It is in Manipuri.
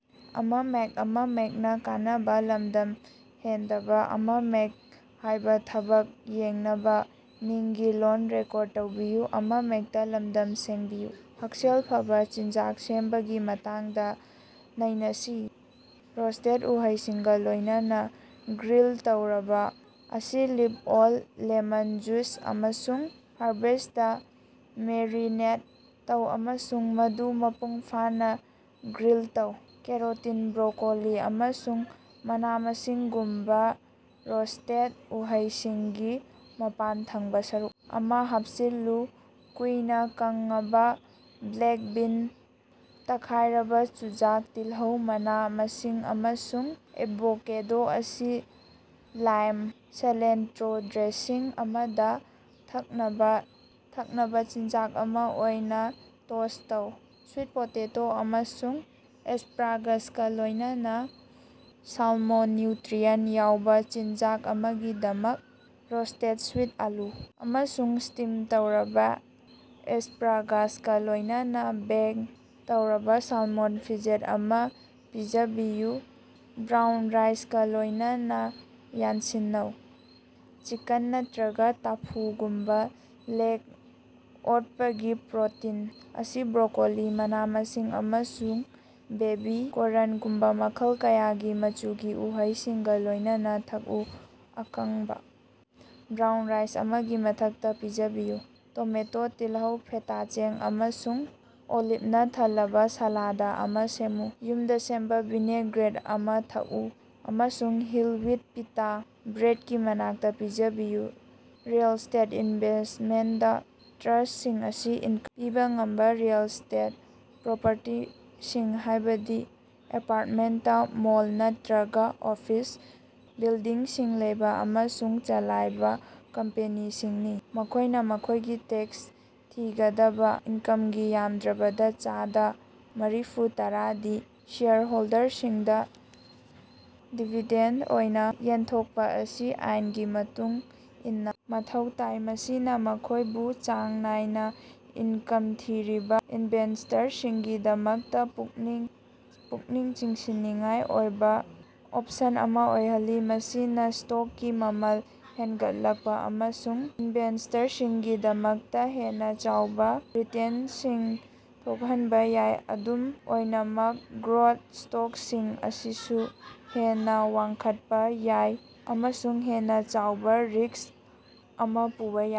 ꯍꯛꯁꯦꯜ ꯐꯕꯥ ꯆꯤꯟꯖꯥꯛ ꯁꯦꯝꯕꯒꯤ ꯃꯇꯥꯡꯗ ꯅꯩꯅꯁꯤ꯫ ꯔꯣꯁꯇꯦꯠ ꯎꯍꯩꯁꯤꯡꯒꯥ ꯂꯣꯏꯅꯅꯥ ꯒ꯭ꯔꯤꯜ ꯇꯧꯔꯕꯥ ꯑꯁꯤ ꯑꯣꯂꯤꯞ ꯑꯣꯏꯜ, ꯂꯦꯃꯟ ꯖꯨꯁ ꯑꯃꯁꯨꯡ ꯍꯔꯕꯁꯇꯥ ꯃꯦꯔꯤꯅꯦꯠ ꯇꯧ ꯑꯃꯁꯨꯡ ꯃꯗꯨ ꯃꯄꯨꯡꯐꯥꯅꯥ ꯒ꯭ꯔꯤꯜ ꯇꯧ꯫ ꯀꯦꯔꯣꯇꯤꯟ, ꯕ꯭ꯔꯣꯀꯣꯂꯤ, ꯑꯃꯁꯨꯡ ꯃꯅꯥ-ꯃꯁꯤꯡꯒꯨꯝꯕꯥ ꯔꯣꯁꯇꯦꯠ ꯎꯍꯩꯁꯤꯡꯒꯤ ꯃꯄꯥꯟꯊꯪꯕꯥ ꯁꯔꯨꯛ ꯑꯃꯥ ꯍꯥꯞꯆꯤꯜꯂꯨ꯫ ꯀꯨꯏꯅꯥ ꯀꯪꯉꯕꯥ ꯕ꯭ꯂꯦꯛ ꯕꯤꯟ, ꯇꯛꯈꯥꯏꯔꯕꯥ ꯆꯨꯖꯥꯛ, ꯇꯤꯜꯍꯧ, ꯃꯅꯥ-ꯃꯁꯤꯡ ꯑꯃꯁꯨꯡ ꯑꯦꯚꯣꯀꯦꯗꯣ ꯑꯁꯤ ꯂꯥꯏꯝ-ꯁꯤꯂꯦꯟꯇ꯭ꯔꯣ ꯗ꯭ꯔꯦꯁꯤꯡ ꯑꯃꯗꯥ ꯊꯛꯅꯕꯥ ꯆꯤꯟꯖꯥꯛ ꯑꯃꯥ ꯑꯣꯏꯅꯥ ꯇꯣꯁ ꯇꯧ꯫ ꯁ꯭ꯋꯤꯠ ꯄꯣꯇꯦꯇꯣ ꯑꯃꯁꯨꯡ ꯑꯦꯁꯄ꯭ꯔꯥꯒꯁꯀꯥ ꯂꯣꯏꯅꯅꯥ ꯁꯥꯜꯃꯣꯟ ꯅ꯭ꯌꯨꯇ꯭ꯔꯤꯑꯦꯟ ꯌꯥꯎꯕꯥ ꯆꯤꯟꯖꯥꯛ ꯑꯃꯒꯤꯗꯃꯛ ꯔꯣꯁꯇꯦꯠ ꯁ꯭ꯋꯤꯠ ꯑꯥꯂꯨ ꯑꯃꯁꯨꯡ ꯁ꯭ꯇꯤꯝ ꯇꯧꯔꯕꯥ ꯑꯦꯁꯄ꯭ꯔꯥꯒꯥꯁꯀꯥ ꯂꯣꯏꯅꯅꯥ ꯕꯦꯛ ꯇꯧꯔꯕꯥ ꯁꯥꯜꯃꯣꯟ ꯐꯤꯂꯦꯠ ꯑꯃꯥ ꯄꯤꯖꯕꯤꯌꯨ꯫ ꯕ꯭ꯔꯥꯎꯟ ꯔꯥꯏꯁꯀꯥ ꯂꯣꯏꯅꯅꯥ ꯌꯥꯟꯁꯤꯟꯅꯧ: ꯆꯤꯀꯟ ꯅꯠꯇ꯭ꯔꯒꯥ ꯇꯣꯐꯨꯒꯨꯝꯕꯥ ꯂꯦꯡ-ꯑꯣꯠꯄꯒꯤ ꯄ꯭ꯔꯣꯇꯤꯟ ꯑꯁꯤ ꯕ꯭ꯔꯣꯀꯣꯂꯤ, ꯃꯅꯥ-ꯃꯁꯤꯡ ꯑꯃꯁꯨꯡ ꯕꯦꯕꯤ ꯀꯣꯔꯟꯒꯨꯝꯕꯥ ꯃꯈꯜ ꯀꯌꯥꯒꯤ ꯃꯆꯨꯒꯤ ꯎꯍꯩꯁꯤꯡꯒꯥ ꯂꯣꯏꯅꯅꯥ ꯊꯛꯎ꯫ ꯑꯀꯪꯕꯥ ꯕ꯭ꯔꯥꯎꯟ ꯔꯥꯏꯁ ꯑꯃꯒꯤ ꯃꯊꯛꯇꯥ ꯄꯤꯖꯕꯤꯌꯨ꯫ ꯇꯣꯃꯦꯇꯣ, ꯇꯤꯜꯍꯧ, ꯐꯦꯇꯥ ꯆꯦꯡ ꯑꯃꯁꯨꯡ ꯑꯣꯂꯤꯞꯅꯥ ꯊꯜꯂꯕꯥ ꯁꯥꯂꯥꯗ ꯑꯃꯥ ꯁꯦꯝꯃꯨ꯫ ꯌꯨꯝꯗꯥ ꯁꯦꯝꯕꯥ ꯚꯤꯅꯦꯒ꯭ꯔꯦꯠ ꯑꯃꯥ ꯊꯥꯛꯎ ꯑꯃꯁꯨꯡ ꯍꯣꯜ ꯋꯤꯠ ꯄꯤꯇꯥ ꯕ꯭ꯔꯦꯠꯀꯤ ꯃꯅꯥꯛꯇꯥ ꯄꯤꯖꯕꯤꯌꯨ꯫ ꯔꯤꯑꯦꯜ ꯁ꯭ꯇꯦꯠ ꯏꯟꯚꯦꯁꯃꯦꯟꯇ ꯇ꯭ꯔꯁꯁꯤꯡ ꯑꯁꯤ ꯏꯟꯀꯝ ꯄꯤꯕꯥ ꯉꯝꯕꯥ ꯔꯤꯑꯦꯜ ꯁ꯭ꯇꯦꯠ ꯄ꯭ꯔꯣꯄꯔꯇꯤꯁꯤꯡ, ꯍꯥꯏꯕꯗꯤ ꯑꯦꯄꯥꯔꯇꯃꯦꯟꯇ, ꯃꯣꯜ, ꯅꯠꯇ꯭ꯔꯒꯥ ꯑꯣꯐꯤꯁ ꯕꯤꯜꯗꯤꯡꯁꯤꯡ ꯂꯩꯕꯥ ꯑꯃꯁꯨꯡ ꯆꯂꯥꯏꯕꯥ ꯀꯝꯄꯅꯤꯁꯤꯡꯅꯤ꯫ ꯃꯈꯣꯏꯅꯥ ꯃꯈꯣꯏꯒꯤ ꯇꯦꯛꯁ ꯊꯤꯒꯗꯕꯥ ꯏꯟꯀꯝꯒꯤ ꯌꯥꯝꯗ꯭ꯔꯕꯗꯥ ꯆꯗꯥ ꯃꯥꯔꯤꯐꯨ ꯇꯔꯥꯗꯤ ꯁꯦꯌꯔ ꯍꯣꯜꯗꯔꯁꯤꯡꯗꯥ ꯗꯤꯕꯤꯗꯦꯟꯗ ꯑꯣꯏꯅꯥ ꯌꯦꯟꯊꯣꯛꯄꯥ ꯑꯁꯤ ꯑꯥꯏꯟꯒꯤ ꯃꯇꯨꯡ ꯏꯟꯅꯥ ꯃꯊꯧ ꯇꯥꯏ, ꯃꯁꯤꯅꯥ ꯃꯈꯣꯏꯕꯨ ꯆꯥꯡ ꯅꯥꯏꯅꯥ ꯏꯟꯀꯝ ꯊꯤꯔꯤꯕꯥ ꯏꯅꯚꯦꯁꯇꯔꯁꯤꯡꯒꯤꯗꯃꯛꯇꯥ ꯄꯨꯛꯅꯤꯡ ꯆꯤꯡꯁꯤꯟꯅꯤꯡꯉꯥꯏ ꯑꯣꯏꯕꯥ ꯑꯣꯞꯁꯟ ꯑꯃꯥ ꯑꯣꯏꯍꯜꯂꯤ꯫ ꯃꯁꯤꯅꯥ ꯁ꯭ꯇꯣꯛꯀꯤ ꯃꯃꯜ ꯍꯦꯟꯒꯠꯂꯛꯄꯥ ꯑꯃꯁꯨꯡ ꯏꯅꯚꯦꯁꯇꯔꯁꯤꯡꯒꯤꯗꯃꯛꯇꯥ ꯍꯦꯟꯅꯥ ꯆꯥꯎꯕꯥ ꯔꯤꯇꯦꯟꯇꯁꯤꯡ ꯊꯣꯛꯍꯟꯕꯥ ꯌꯥꯏ꯫ ꯑꯗꯨꯝ ꯑꯣꯏꯅꯃꯛ, ꯒ꯭ꯔꯣꯠ ꯁ꯭ꯇꯣꯛꯁꯤꯡ ꯑꯁꯤꯁꯨ ꯍꯦꯟꯅꯥ ꯋꯥꯡꯈꯠꯄꯥ ꯌꯥꯏ ꯑꯃꯁꯨꯡ ꯍꯦꯟꯅꯥ ꯆꯥꯎꯕꯥ ꯔꯤꯛꯁ ꯑꯃꯥ ꯄꯨꯕꯥ ꯌꯥꯏ꯫